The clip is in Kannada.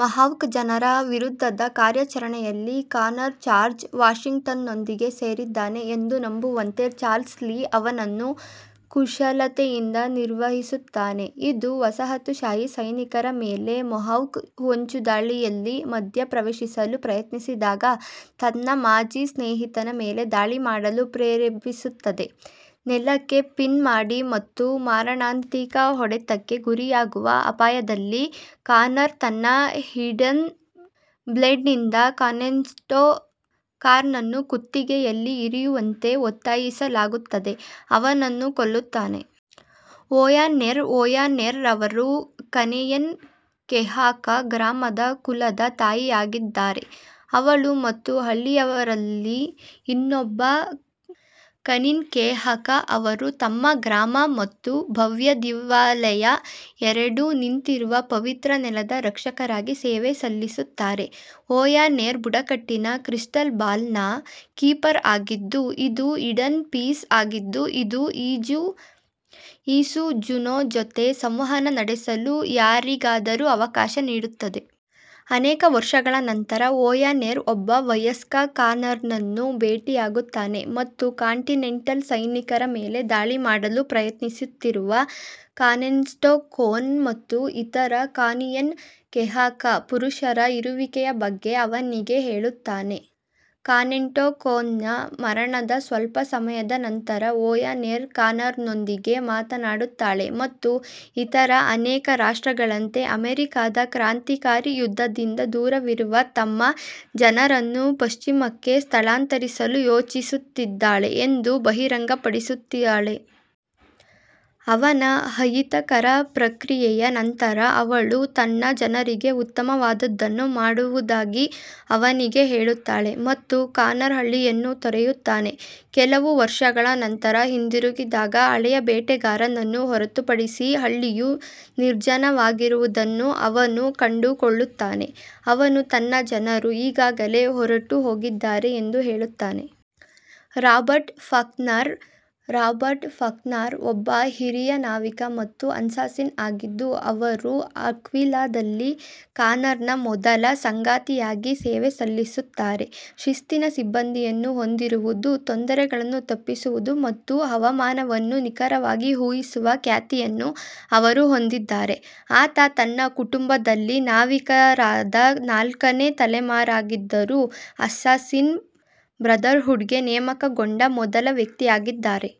ಮೊಹಾವ್ಕ್ ಜನರ ವಿರುದ್ಧದ ಕಾರ್ಯಾಚರಣೆಯಲ್ಲಿ ಕಾನರ್ ಜಾರ್ಜ್ ವಾಷಿಂಗ್ಟನ್ನೊಂದಿಗೆ ಸೇರಿದ್ದಾನೆ ಎಂದು ನಂಬುವಂತೆ ಚಾರ್ಲ್ಸ್ ಲೀ ಅವನನ್ನು ಕುಶಲತೆಯಿಂದ ನಿರ್ವಹಿಸುತ್ತಾನೆ, ಇದು ವಸಾಹತುಶಾಹಿ ಸೈನಿಕರ ಮೇಲೆ ಮೊಹಾವ್ಕ್ ಹೊಂಚುದಾಳಿಯಲ್ಲಿ ಮಧ್ಯಪ್ರವೇಶಿಸಲು ಪ್ರಯತ್ನಿಸಿದಾಗ ತನ್ನ ಮಾಜಿ ಸ್ನೇಹಿತನ ಮೇಲೆ ದಾಳಿ ಮಾಡಲು ಪ್ರೇರೇಪಿಸುತ್ತದೆ. ನೆಲಕ್ಕೆ ಪಿನ್ ಮಾಡಿ ಮತ್ತು ಮಾರಣಾಂತಿಕ ಹೊಡೆತಕ್ಕೆ ಗುರಿಯಾಗುವ ಅಪಾಯದಲ್ಲಿ, ಕಾನರ್ ತನ್ನ ಹಿಡನ್ ಬ್ಲೇಡ್ನಿಂದ ಕಾನೆನ್ಟೋ ಕಾನ್ರನ್ನು ಕುತ್ತಿಗೆಯಲ್ಲಿ ಇರಿಯುವಂತೆ ಒತ್ತಾಯಿಸಲಾಗುತ್ತದೆ, ಅವನನ್ನು ಕೊಲ್ಲುತ್ತಾನೆ. ಓಯಾ ನೆರ್ ಓಯಾ ನೆರ್ ಅವರು ಕನಿಯೆನ್ ಕೆಹಾಃ ಕಾ ಗ್ರಾಮದ ಕುಲದ ತಾಯಿಯಾಗಿದ್ದಾರೆ. ಅವಳು ಮತ್ತು ಹಳ್ಳಿಯಲ್ಲಿರುವ ಇನ್ನೊಬ್ಬ ಕನಿನ್ಖೇಹಾಃ ಕಾ ಅವರು ತಮ್ಮ ಗ್ರಾಮ ಮತ್ತು ಭವ್ಯ ದೇವಾಲಯ ಎರಡೂ ನಿಂತಿರುವ ಪವಿತ್ರ ನೆಲದ ರಕ್ಷಕರಾಗಿ ಸೇವೆ ಸಲ್ಲಿಸುತ್ತಾರೆ. ಓಯಾ ನೆರ್ ಬುಡಕಟ್ಟಿನ "ಕ್ರಿಸ್ಟಲ್ ಬಾಲ್" ನ ಕೀಪರ್ ಆಗಿದ್ದು, ಇದು ಈಡನ್ ಪೀಸ್ ಆಗಿದ್ದು, ಇದು ಇಸು ಜುನೋ ಜೊತೆ ಸಂವಹನ ನಡೆಸಲು ಯಾರಿಗಾದರೂ ಅವಕಾಶ ನೀಡುತ್ತದೆ. ಅನೇಕ ವರ್ಷಗಳ ನಂತರ, ಓಯಾ ನೆರ್ ಒಬ್ಬ ವಯಸ್ಕ ಕಾನರ್ನನ್ನು ಭೇಟಿಯಾಗುತ್ತಾನೆ ಮತ್ತು ಕಾಂಟಿನೆಂಟಲ್ ಸೈನಿಕರ ಮೇಲೆ ದಾಳಿ ಮಾಡಲು ಪ್ರಯತ್ನಿಸುತ್ತಿರುವ ಕಾನೆನ್ಟೋ ಕೋನ್ ಮತ್ತು ಇತರ ಕಾನಿಯೆನ್ ಕೆಹಾಃ ಕಾ ಪುರುಷರ ಇರುವಿಕೆಯ ಬಗ್ಗೆ ಅವನಿಗೆ ಹೇಳುತ್ತಾನೆ. ಕಾನೆಂಟೋ ಕೋನ್ನ ಮರಣದ ಸ್ವಲ್ಪ ಸಮಯದ ನಂತರ, ಓಯಾ ನೆರ್ ಕಾನರ್ನೊಂದಿಗೆ ಮಾತನಾಡುತ್ತಾಳೆ ಮತ್ತು ಇತರ ಅನೇಕ ರಾಷ್ಟ್ರಗಳಂತೆ, ಅಮೆರಿಕಾದ ಕ್ರಾಂತಿಕಾರಿ ಯುದ್ಧದಿಂದ ದೂರವಿರುವ ತಮ್ಮ ಜನರನ್ನು ಪಶ್ಚಿಮಕ್ಕೆ ಸ್ಥಳಾಂತರಿಸಲು ಯೋಜಿಸುತ್ತಿದ್ದಾಳೆ ಎಂದು ಬಹಿರಂಗಪಡಿಸುತ್ತಾಳೆ. ಅವನ ಅಹಿತಕರ ಪ್ರತಿಕ್ರಿಯೆಯ ನಂತರ, ಅವಳು ತನ್ನ ಜನರಿಗೆ ಉತ್ತಮವಾದದ್ದನ್ನು ಮಾಡುವುದಾಗಿ ಅವನಿಗೆ ಹೇಳುತ್ತಾಳೆ ಮತ್ತು ಕಾನರ್ ಹಳ್ಳಿಯನ್ನು ತೊರೆಯುತ್ತಾನೆ. ಕೆಲವು ವರ್ಷಗಳ ನಂತರ ಹಿಂದಿರುಗಿದಾಗ, ಹಳೆಯ ಬೇಟೆಗಾರನನ್ನು ಹೊರತುಪಡಿಸಿ ಹಳ್ಳಿಯು ನಿರ್ಜನವಾಗಿರುವುದನ್ನು ಅವನು ಕಂಡುಕೊಳ್ಳುತ್ತಾನೆ, ಅವನು ತನ್ನ ಜನರು ಈಗಾಗಲೇ ಹೊರಟುಹೋಗಿದ್ದಾರೆ ಎಂದು ಹೇಳುತ್ತಾನೆ. ರಾಬರ್ಟ್ ಫಾಕ್ನರ್ ರಾಬರ್ಟ್ ಫಾಕ್ನರ್ ಒಬ್ಬ ಹಿರಿಯ ನಾವಿಕ ಮತ್ತು ಅಸ್ಸಾಸಿನ್ ಆಗಿದ್ದು, ಅವರು ಅಕ್ವಿಲಾದಲ್ಲಿ ಕಾನರ್ನ ಮೊದಲ ಸಂಗಾತಿಯಾಗಿ ಸೇವೆ ಸಲ್ಲಿಸುತ್ತಾರೆ. ಶಿಸ್ತಿನ ಸಿಬ್ಬಂದಿಯನ್ನು ಹೊಂದಿರುವುದು, ತೊಂದರೆಗಳನ್ನು ತಪ್ಪಿಸುವುದು ಮತ್ತು ಹವಾಮಾನವನ್ನು ನಿಖರವಾಗಿ ಊಹಿಸುವ ಖ್ಯಾತಿಯನ್ನು ಅವರು ಹೊಂದಿದ್ದಾರೆ. ಆತ ತನ್ನ ಕುಟುಂಬದಲ್ಲಿ ನಾವಿಕರಾದ ನಾಲ್ಕನೇ ತಲೆಮಾರಾಗಿದ್ದರೂ, ಅಸ್ಸಾಸಿನ್ ಬ್ರದರ್ಹುಡ್ಗೆ ನೇಮಕಗೊಂಡ ಮೊದಲ ವ್ಯಕ್ತಿಯಾಗಿದ್ದಾರೆ.